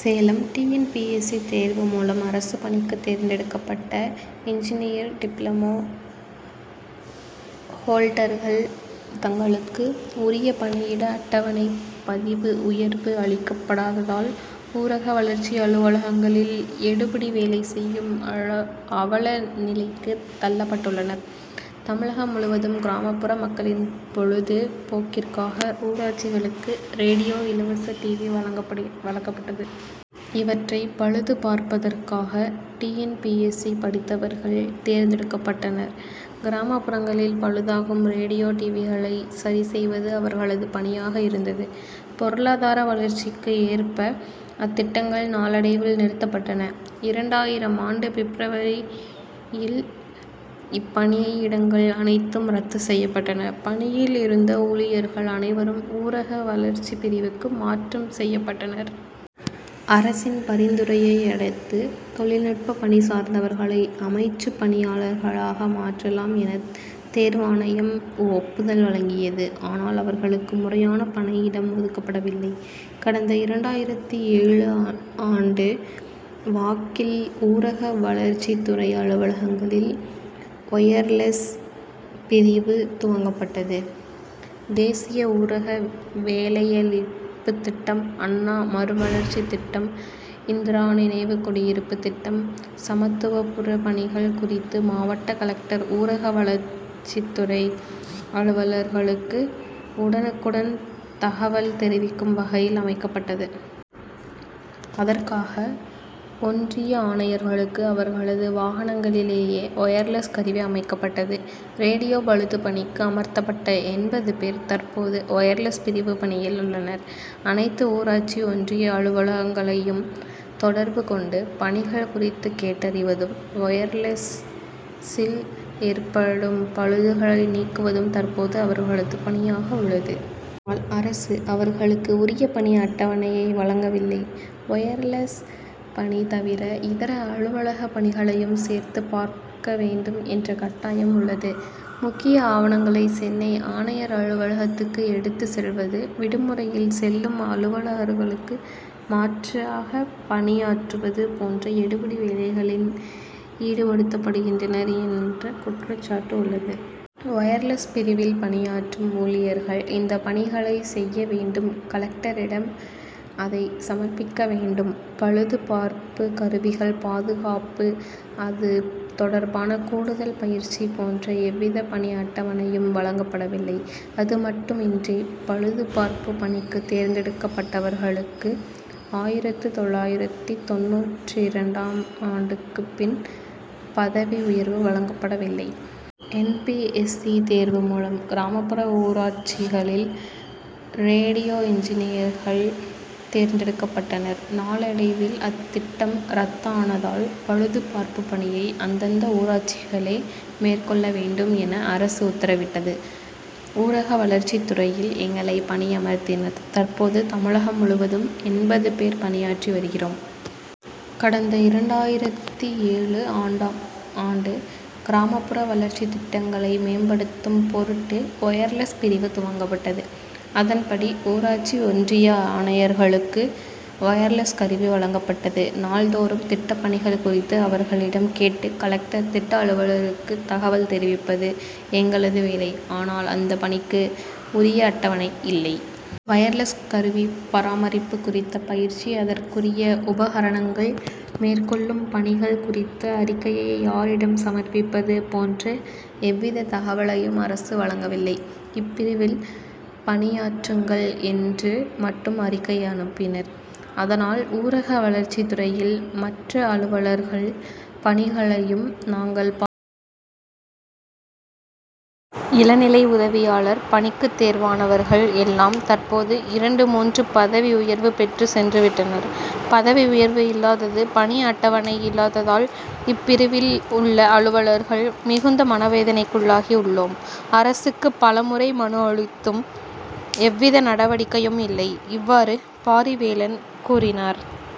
Salem T. N. P. S. C. தேர்வு மூலம் அரசுப் பணிக்கு தேர்ந்தெடுக்கப்பட்ட இன்ஜினியர் டிப்ளமோ ஹோல்டர்கள் தங்களுக்கு உரிய பணியிட அட்டவணை பதவி உயர்வு அளிக்கப்படாததால் ஊரக வளர்ச்சி அலுவலகங்களில் எடுபிடி வேலை செய்யும் அவல நிலைக்கு தள்ளப்பட்டுள்ளனர். தமிழகம் முழுவதும் கிராமப்புற மக்களின் பொழுது போக்கிற்காக ஊராட்சிகளுக்கு ரேடியோ இலவச டிவி வழங்கப்பட்டது. இவற்றை பழுது பார்ப்பதற்காக T. N. P. S. C. படித்தவர்கள் தேர்ந்தெடுக்கப்பட்டனர். கிராமப்புறங்களில் பழுதாகும் ரேடியோ டிவிகளை சரிசெய்வது அவர்களது பணியாக இருந்தது. பொருளாதார வளர்ச்சிக்கு ஏற்ப அத்திட்டங்கள் நாளடைவில் நிறுத்தப்பட்டன. இரண்டாயிரம் ஆண்டு பிப்ரவரியில் இப்பணியிடங்கள் அனைத்தும் ரத்து செய்யப்பட்டன. பணியில் இருந்த ஊழியர்கள் அனைவரும் ஊரக வளர்ச்சிப் பிரிவுக்கு மாற்றம் செய்யப்பட்டனர். அரசின் பரிந்துரையையடுத்து தொழில்நுட்ப பணி சார்ந்தவர்களை அமைச்சுப் பணியாளர்களாக மாற்றலாம் என தேர்வாணையம் ஒப்புதல் வழங்கியது. ஆனால் அவர்களுக்கு முறையான பணியிடம் ஒதுக்கப்படவில்லை. கடந்த இரண்டாயிரத்து ஏழு ஆண்டு வாக்கில் ஊரக வளர்ச்சித்துறை அலுவலகங்களில் ஒயர்லெஸ் பிரிவு துவங்கப்பட்டது. தேசிய ஊரக வேலையளிப்புத் திட்டம் அண்ணா மறுமலர்ச்சி திட்டம் இந்திரா நினைவு குடியிருப்பு திட்டம் சமத்துவபுரப் பணிகள் குறித்து மாவட்ட கலெக்டர் ஊரக வளர்ச்சித்துறை அலுவலர்களுக்கு உடனுக்குடன் தகவல் தெரிவிக்கும் வகையில் அமைக்கப்பட்டது. அதற்காக ஒன்றிய ஆணையர்களுக்கு அவர்களது வாகனங்களிலேயே ஒயர்லெஸ் கருவி அமைக்கப்பட்டது. ரேடியோ பழுது பணிக்கு அமர்த்தப்பட்ட எண்பது பேர் தற்போது ஒயர்லெஸ் பிரிவு பணியில் உள்ளனர். அனைத்து ஊராட்சி ஒன்றிய அலுவலகங்களையும் தொடர்பு கொண்டு பணிகள் குறித்து கேட்டறிவதும் ஒயர்லெசில் ஏற்படும் பழுதுகளை நீக்குவதும் தற்போது அவர்களது பணியாக உள்ளது. ஆனால் அரசு அவர்களுக்கு உரிய பணி அட்டவணையை வழங்கவில்லை. ஒயர்லெஸ் பணி தவிர இதர அலுவலக பணிகளையும் சேர்த்து பார்க்க வேண்டும் என்ற கட்டாயம் உள்ளது. முக்கிய ஆவணங்களை சென்னை ஆணையர் அலுவலகத்துக்கு எடுத்து செல்வது விடுமுறையில் செல்லும் அலுவலருக்கு மாற்றாக பணியாற்றுவது போன்ற எடுபிடி வேலைகளிலும் ஈடுபடுத்தப்படுகின்றனர் என்ற குற்றச்சாட்டு உள்ளது. ஒயர்லெஸ் பிரிவில் பணியாற்றும் ஊழியர்கள் இந்த பணிகளை செய்ய வேண்டும் கலெக்டரிடம் அதை சமர்ப்பிக்க வேண்டும் பழுது பார்ப்பு கருவிகள் பாதுகாப்பு அது தொடர்பான கூடுதல் பயிற்சி போன்ற எவ்வித பணி அட்டவணையும் வழங்கப்படவில்லை. அது மட்டுமின்றி பழுது பார்ப்பு பணிக்கு தேர்ந்தெடுக்கப்பட்டவர்களுக்கு ஆயிரத்து தொள்ளாயிரத்து தொண்ணூற்றெட்டாம் ஆண்டுக்கு பின் பதவி உயர்வு வழங்கப்படவில்லை. என். பி. எஸ். சி. தேர்வு மூலம் கிராமப்புற ஊராட்சிகளில் ரேடியோ டிவி பழுதுபார்ப்பு பணிக்காக இன்ஜினியர்கள் தேர்ந்தெடுக்கப்பட்டனர். நாளடைவில் அத்திட்டம் ரத்தானதால் பழுது பார்ப்பு பணியை அந்தந்த ஊராட்சிகளே மேற்கொள்ள வேண்டும் என அரசு உத்தரவிட்டது. ஊரக வளர்ச்சித்துறையில் எங்களை பணியமர்த்தினர். தற்போது தமிழகம் முழுவதும் எண்பது பேர் பணியாற்றி வருகிறோம். கடந்த இரண்டாயிரத்து ஏழு ஆண்டு கிராமப்புற வளர்ச்சித் திட்டங்களை மேம்படுத்தும் பொருட்டு ஒயர்லெஸ் பிரிவு துவங்கப்பட்டது. அதன்படி ஊராட்சி ஒன்றிய ஆணையர்களுக்கு ஒயர்லெஸ் கருவி வழங்கப்பட்டது. நாள்தோறும் திட்டப்பணிகள் குறித்து அவர்களிடம் கேட்டு கலெக்டர் திட்ட அலுவலருக்கு தகவல் தெரிவிப்பது எங்களது வேலை. ஆனால் அந்த பணிக்கு உரிய அட்டவணை இல்லை. ஒயர்லெஸ் கருவி பராமரிப்பு குறித்த பயிற்சி அதற்குரிய உபகரணங்கள் மேற்கொள்ளும் பணிகள் குறித்த அறிக்கையை யாரிடம் சமர்ப்பிப்பது போன்ற எவ்வித தகவலையும் அரசு வழங்கவில்லை. இப்பிரிவில் பணியாற்றுங்கள் என்று மட்டும் அறிக்கை அனுப்பினர். அதனால் ஊரக வளர்ச்சித் துறையில் மற்ற அலுவலர்கள் பணிகளையும் நாங்கள் பார்க்க வேண்டும் என்ற கட்டாயம் உள்ளது. இளநிலை உதவியாளர் பணிக்கு தேர்வானவர்கள் எல்லாம் தற்போது இரண்டு மூன்று பதவி உயர்வு பெற்று சென்று விட்டனர். பதவி உயர்வு இல்லாதது பணி அட்டவணை இல்லாததால் இப்பிரிவில் உள்ள அலுவலர்கள் மிகுந்த மனவேதனைக்குள்ளாகி உள்ளோம். அரசுக்கு பலமுறை மனு அளித்தும் எவ்வித நடவடிக்கையும் இல்லை. இவ்வாறு பாரிவேலன் கூறினார்.